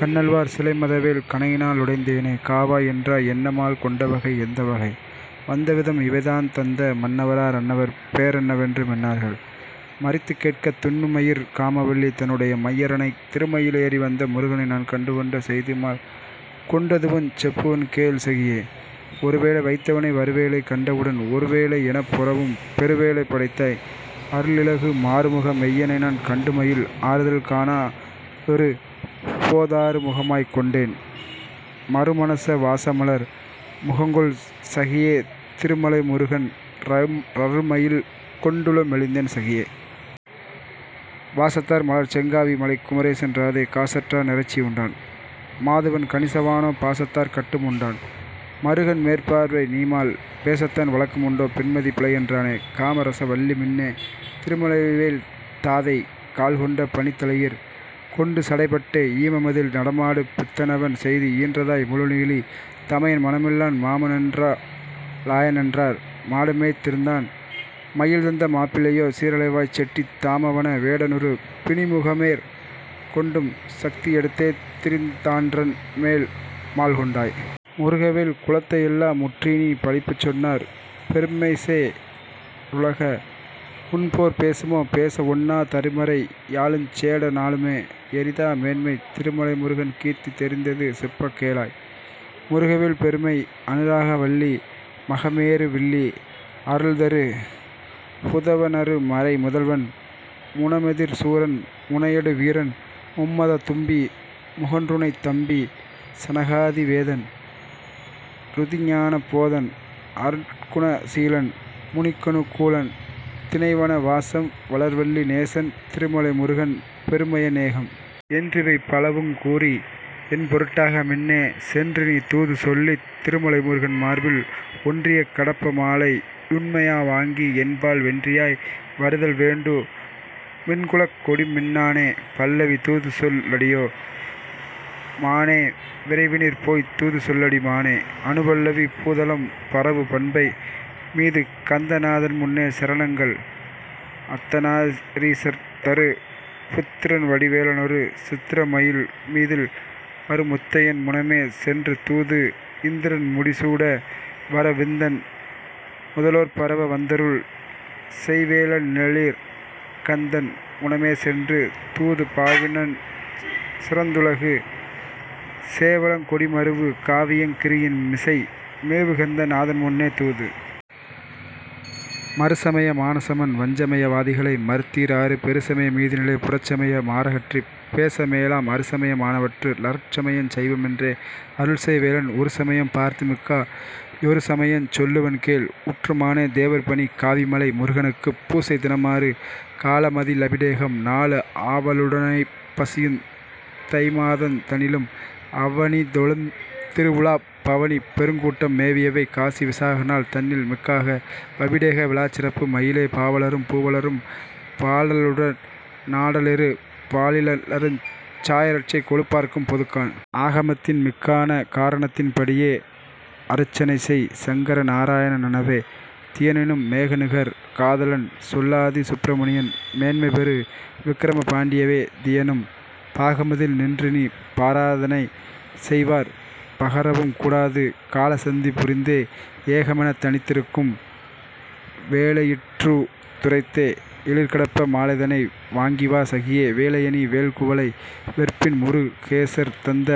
கன்னல்வார் சிலைமதவேள் கணையினா லுடைந்தேனே காவா யென்றாய் என்னமால் கொண்டவகை யெந்தவகை வந்தவிதம் இவைதாந் தந்த மன்னவரா ரன்னவர்பே ரென்னவென்று மின்னார்கள் மறித்துக் கேட்கத்। துன்னுமயிற் காமவல்லி தன்னுடைய மையறனைச் திருமயிலி லேறிவந்த முருகனைநான் கண்டுகொண்ட செய்தியுமால் கொண்டதுவுஞ் செப்புவன்கேள் சகியே ஒருவேலை வைத்தவனை வருவேலை கண்டவுடன் ஒலிவேலை யெனப்பொரவும் பெருவேலை படைத்தாய் அறுளிலகு மாறுமுக மெய்யனைநான் கண்டுமயல் ஆறுதல்கா ணாதொருபோ தாறுமுகமாய்க் கொண்டேன் மருமனச வாசமலர் முகங்கொள்சகி யேதிரு மலைமுருகன் றருமயல்கொண் டுளமெலிந்தேன் சகியே..... வாசத்தார் மலர்ச்செங் காவி மலைக்குமரேசன் றாதை காசற்றா னிறைச்சி யுண்டான் மாதுவன் கணிச வானோ பாசத்தாற் கட்டு முண்டான் மருகன்மேற் பாவை நீமால் பேசத்தான் வழக்கு முண்டோ பெண்மதி பிழையென்றானே..... காமரச வல்லிமின்னே திருமலைவேள் தாதை கால்கொண்ட பணிதலையிற் கொண்டுசடைப் பட்டே ஈமமதில் நடமாடு பித்தனவன் செய்தி ஈன்றதாய் முழுநீலி தமயன்மண மில்லான் மாமனென்றா லாயனென்றார் மாடுமேய்த் திருந்தான் மையல்தந்த மாப்பிள்ளையோ சீரலைவாய்ச் செட்டி தாமவன வேடனுறு பிணிமுகமேற் கொண்டும் சத்தியெடுத் தேதிரிந்தான் றன்மேல் மால்கொண்டாய்..... முருகவேள் குலத்தையெல்லா முற்றிநீ பழிப்புச் சொன்னாற் பெருமைசே ருலக முன்போற் பேசுமோ பேச வொண்ணா தருமறை யாலுஞ் சேட னாலுமே யரிதா மேன்மைத் திருமலை முருகன் கீர்த்தி தெரிந்தது செப்பக் கேளாய்..... முருகவேள் பெருமை அனுராக வல்லி மகமேரு வில்லி அருள்தரு புதல்வ னருமறை முதல்வன் முனமெதிர் சூரன் முனையடு வீரன் மும்மதத் தும்பி முகன்றுணைத் தம்பி சனகாதி வேதன் றுதிஞான போதன் அருட்குண சீலன் முனிக்கனு கூலன் தினைவன வாசம் வளர்வல்லி நேசன் திருமலை முருகன் பெருமைய நேகம்..... என்றிவை பலவுங் கூறி யென்பொருட் டாக மின்னே சென்றுநீ தூதுசொல்லித் திருமலை முருகன் மார்பில் ஒன்றிய கடப்ப மாலை யுண்மையா வாங்கி யென்பால் வென்றியாய் வருதல்வேண்டு மென்குலக் கொடிமின் னானே..... பல்லவி தூதுசொல் லடியோ மானே விரைவினிற்போய்த் தூது சொல்லடி மானே அநுபல்லவி பூதலம் பரவு பண்பை மீதுகந்த நாதன்முன்னே சரணங்கள் அத்தநா ரீசர்தரு புத்ரன்வடி வேலனொரு சித்ரமயில் மீதில்வரு முத்தையன் முனமேசென்று தூது இந்த்ரன்முடி சூடவர விந்தன் முத லோற்பரவ வந்தருள் செய் வேலனெழிற் கந்தன் முனமேசென்று தூது பாவினஞ் சிறந்திலகு சேவலங் கொடிமருவு காவியங் கிரியின்மிசை மேவுகந்த நாதன்முன்னே தூது.... மறுசமய மானசமண் வஞ்சமய வாதிகளை மறுத்தீ ராறு பெறுசமய மீதினிலே புறச்சமய மாறகற்றிப் பேச மேலாம் அறுசமய மானவற்று ளருட் சமயஞ் சைவமென்றே அருள்செய் வேலன் உறுசமயம் பார்த்துமிக்கா யொருசமயஞ் சொல்லுவன்கேள் உற்று மானே..... தேவர்பணி காவிமலை முருகனுக்குப் பூசை தினமாறு காலமதி லபிடேகம் நாலு ஆவலுட னைப்பசியுந் தைமாதந் தனிலும் அவனிதொழுந் திருவுலாப் பவனிபெருங் கூட்டம் மேவியவை காசி விசாகநாள் தன்னில் மிக்காக வபிடேக விழாச்சிறப்பு மயிலே பாவலரும் பூவலரும் பாடலுட னாடலிரு பாலிலருஞ் சாயரட்சை கொலுப்பார்க்கும் பொதுக்காண்.... ஆகமத்தின் மிக்கான காரணத்தின் படியே அருச்சனைசெய் சங்கரநா ராயணெனவே தியனும் மேகநிகர் காதலன்சொ லாதிசுப்பி ரமணியன் மேன்மைபெறு விக்கிரம பாண்டியவே தியனும் பாகமதில் நின்றுநீ பாராதனை செய்வார் பகரவுங் கூடாது காலசந்தி புரிந்தே ஏகமெனத் தனித்திருக்கும் வேளையிற்றூ துரைத்தே எழிற்கடப்ப மாலைதனை வாங்கிவா சகியே..... வேலையணி வேள்குவளை வெற்பின்முரு கேசர்தந்த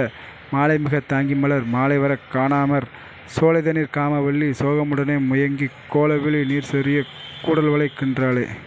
மாலைமிகத் தாங்கிமலர் மாலைவரக் காணாமற் சோலைதனிற் காமவல்லி சோகமுட னேமுயங்கிக் கோலவிழி நீர்சொரியக் கூடல்வளைக் கின்றாளே.....